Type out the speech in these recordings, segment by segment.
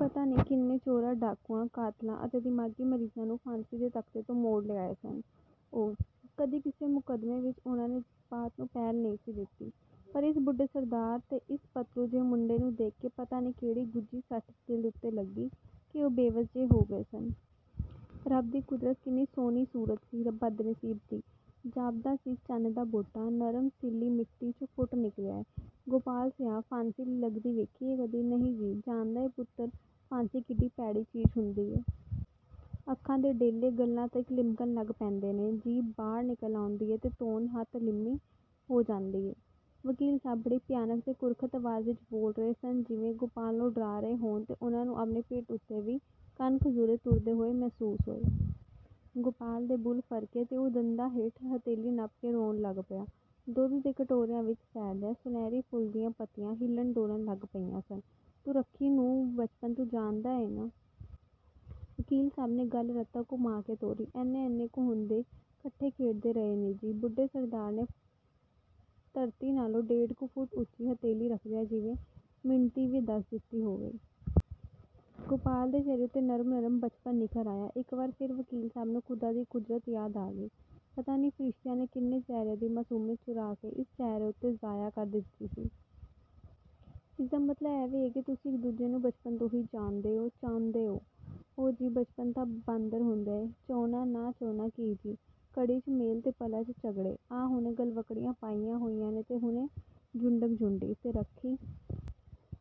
ਪਤਾ ਨਹੀਂ ਕਿੰਨੇ ਚੋਰਾਂ, ਡਾਕੂਆਂ, ਕਾਤਲਾਂ ਅਤੇ ਦਿਮਾਗ਼ੀ ਮਰੀਜ਼ਾਂ ਨੂੰ ਫਾਂਸੀ ਦੇ ਤਖ਼ਤੇ ਤੋਂ ਮੋੜ ਲਿਆਏ ਸਨ ਉਹ, ਕਦੀ ਕਿਸੇ ਮੁਕੱਦਮੇਂ ਵਿੱਚ ਉਹਨਾਂ ਨੇ ਜਜ਼ਬਾਤ ਨੂੰ ਪਹਿਲ ਨਹੀਂ ਸੀ ਦਿੱਤੀ। ਪਰ ਇਸ ਬੁੱਢੇ ਸਰਦਾਰ ਤੇ ਇਸ ਪਤਲੂ ਜਿਹੇ ਮੁੰਡੇ ਨੂੰ ਦੇਖ ਕੇ ਪਤਾ ਨਹੀਂ ਕਿਹੜੀ ਗੁੱਝੀ ਸੱਟ ਦਿਲ ਉੱਤੇ ਲੱਗੀ, ਕਿ ਉਹ ਬੇਵੱਸ ਜਿਹੇ ਹੋ ਗਏ ਸਨ। ਰੱਬ ਦੀ ਕੁਦਰਤ ਕਿੰਨੀ ਸੋਹਣੀ ਸੂਰਤ ਸੀ ਬਦਨਸੀਬ ਦੀ! ਜਾਪਦਾ ਸੀ ਚੰਨ ਦਾ ਬੂਟਾ, ਨਰਮ ਸਿੱਲ੍ਹੀ ਮਿੱਟੀ 'ਚੋਂ ਫੁੱਟ ਨਿਕਲਿਆ ਏ। "ਗੋਪਾਲ ਸਿਆਂ, ਫਾਂਸੀ ਲੱਗਦੀ ਵੇਖੀ ਏ ਕਦੀ?""ਨਹੀਂ ਜੀ।" "ਜਾਣਦਾ ਏਂ ਪੁੱਤਰ, ਫਾਂਸੀ ਕਿੱਡੀ ਭੈੜੀ ਚੀਜ਼ ਹੁੰਦੀ ਏ?" "ਅੱਖਾਂ ਦੇ ਡੇਲੇ ਗੱਲ੍ਹਾਂ ਤੀਕ ਲਮਕਣ ਲੱਗ ਪੈਂਦੇ ਨੇ, ਜੀਭ ਬਾਹਰ ਨਿਕਲ ਆਉਂਦੀ ਹੈ ਤੇ ਧੌਣ ਹੱਥ ਲੰਮੀ ਹੋ ਜਾਂਦੀ ਏ।" ਵਕੀਲ ਸਾਹਬ ਬੜੀ ਭਿਆਨਕ ਤੇ ਕੁਰਖ਼ਤ ਆਵਾਜ਼ ਵਿਚ ਬੋਲ ਰਹੇ ਸਨ ਜਿਵੇਂ, ਗੋਪਾਲ ਨੂੰ ਡਰਾ ਰਹੇ ਹੋਣ ਤੇ ਉਹਨਾਂ ਨੂੰ ਆਪਣੀ ਪਿੱਠ ਉੱਤੇ ਵੀ ਕੰਨ-ਖਜੂਰੇ ਤੁਰਦੇ ਹੋਏ ਮਹਿਸੂਸ ਹੋਏ। ਗੋਪਾਲ ਦੇ ਬੁੱਲ੍ਹ ਫਰਕੇ ਤੇ ਉਹ ਦੰਦਾਂ ਹੇਠ ਹਥੇਲੀ ਨੱਪ ਕੇ ਰੋਣ ਲੱਗ ਪਿਆ। ਦੁੱਧ ਦੇ ਕਟੋਰਿਆਂ ਵਿਚ ਤੈਰਦੀਆਂ, ਸੁਨਹਿਰੀ ਫੁੱਲ ਦੀਆਂ ਪੱਤੀਆਂ ਹਿੱਲਣ-ਡੋਲਣ ਲੱਗ ਪਈਆਂ ਸਨ। "ਤੂੰ ਰੱਖੀ ਨੂੰ ਬਚਪਨ ਤੋਂ ਜਾਣਦਾ ਏਂ ਨਾ?" ਵਕੀਲ ਸਾਹਬ ਨੇ ਗੱਲ ਰਤਾ ਘੁਮਾਅ ਕੇ ਤੋਰੀ। "ਏਨੇ-ਏਨੇ ਕੁ ਹੁੰਦੇ 'ਕੱਠੇ ਖੇਡਦੇ ਰਹੇ ਨੇ ਜੀ" ਬੁੱਢੇ ਸਰਦਾਰ ਨੇ, ਧਰਤੀ ਨਾਲੋਂ ਡੇਢ ਕੁ ਫੁੱਟ ਉੱਚੀ ਹਥੇਲੀ ਰੱਖਦਿਆਂ ਜਿਵੇਂ, ਮਿਣਤੀ ਵੀ ਦੱਸ ਦਿੱਤੀ ਹੋਏ। ਗੋਪਾਲ ਦੇ ਚਿਹਰੇ ਉੱਤੇ ਨਰਮ-ਨਰਮ ਬਚਪਨ ਨਿੱਖਰ ਆਇਆ। ਇਕ ਵਾਰ ਫੇਰ ਵਕੀਲ ਸਾਹਬ ਨੂੰ ਖ਼ੁਦਾ ਦੀ ਕੁਦਰਤ ਯਾਦ ਆ ਗਈ। ਪਤਾ ਨਹੀਂ ਫਰਿਸ਼ਤਿਆਂ ਨੇ ਕਿੰਨੇ ਚਿਹਰਿਆਂ ਦੀ ਮਾਸੂਮੀਅਤ ਚੁਰਾਅ ਕੇ ਇਸ ਚਿਹਰੇ ਉੱਤੇ ਜਾਇਆ ਕਰ ਦਿੱਤੀ ਸੀ! "ਇਸ ਦਾ ਮਤਲਬ ਇਹ ਵੇ ਕਿ ਤੁਸੀਂ ਇਕ ਦੂਜੇ ਨੂੰ ਬਚਪਨ ਤੋਂ ਹੀ ਜਾਣਦੇ ਹੋ?--ਚਾਹੁੰਦੇ ਹੋ?" "ਓ ਜੀ, ਬਚਪਨ ਤਾਂ ਬਾਂਦਰ ਹੁੰਦਾ ਏ, ਚਾਹੁਣਾ ਨਾ ਚਾਹੁਣਾ ਕੀ ਜੀ। ਘੜੀ 'ਚ ਮੇਲ ਤੇ ਪਲਾਂ 'ਚ ਝਗੜੇ, ਆਹ ਹੁਣੇ ਗਲਵੱਕੜੀਆਂ ਪਾਈਆਂ ਹੋਈਆਂ ਨੇ ਤੇ ਹੁਣੇ ਜੁੰਡਮ-ਜੁੰਡੀ ।ਤੇ, ਰੱਖੀ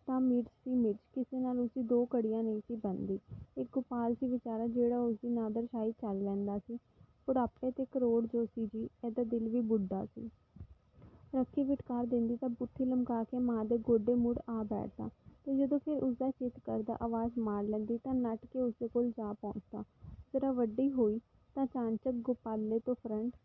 ਤਾਂ ਮਿਰਚ ਸੀ, ਮਿਰਚ! ਕਿਸੇ ਨਾਲ ਉਸਦੀ ਦੋ ਘੜੀਆਂ ਨਹੀਂ ਸੀ ਬਣਦੀ। ਇੱਕ ਗੋਪਾਲ ਸੀ ਵਿਚਾਰਾ ਜਿਹੜਾ ਉਸਦੀ ਨਾਦਰ ਸ਼ਾਹੀ ਝੱਲ ਲੈਂਦਾ ਸੀ--ਬੁੱਢਾਪੇ ਦੀ ਘਰੋੜ ਜੋ ਸੀ ਜੀ। ਇਹਦਾ ਦਿਲ ਵੀ ਬੁੱਢਾ ਸੀ। ਰੱਖੀ ਫਿਟਕਾਰ ਦੇਂਦੀ ਤਾਂ ਬੂਥੀ ਲਮਕਾਅ ਕੇ ਮਾਂ ਦੇ ਗੋਡੇ ਮੁੱਢ ਆ ਬੈਠਦਾ ਤੇ ਜਦੋਂ ਫੇਰ ਉਸਦਾ ਚਿੱਤ ਕਰਦਾ, ਆਵਾਜ ਮਾਰ ਲੈਂਦੀ ,ਤਾਂ ਨੱਠ ਕੇ ਉਸਦੇ ਕੋਲ ਜਾ ਪਹੁੰਚਦਾ। ਜ਼ਰਾ ਵੱਡੀ ਹੋਈ ਤਾਂ ਚਾਣਚੱਕ ਗੋਪਾਲੇ ਤੋਂ ਫਰੰਟ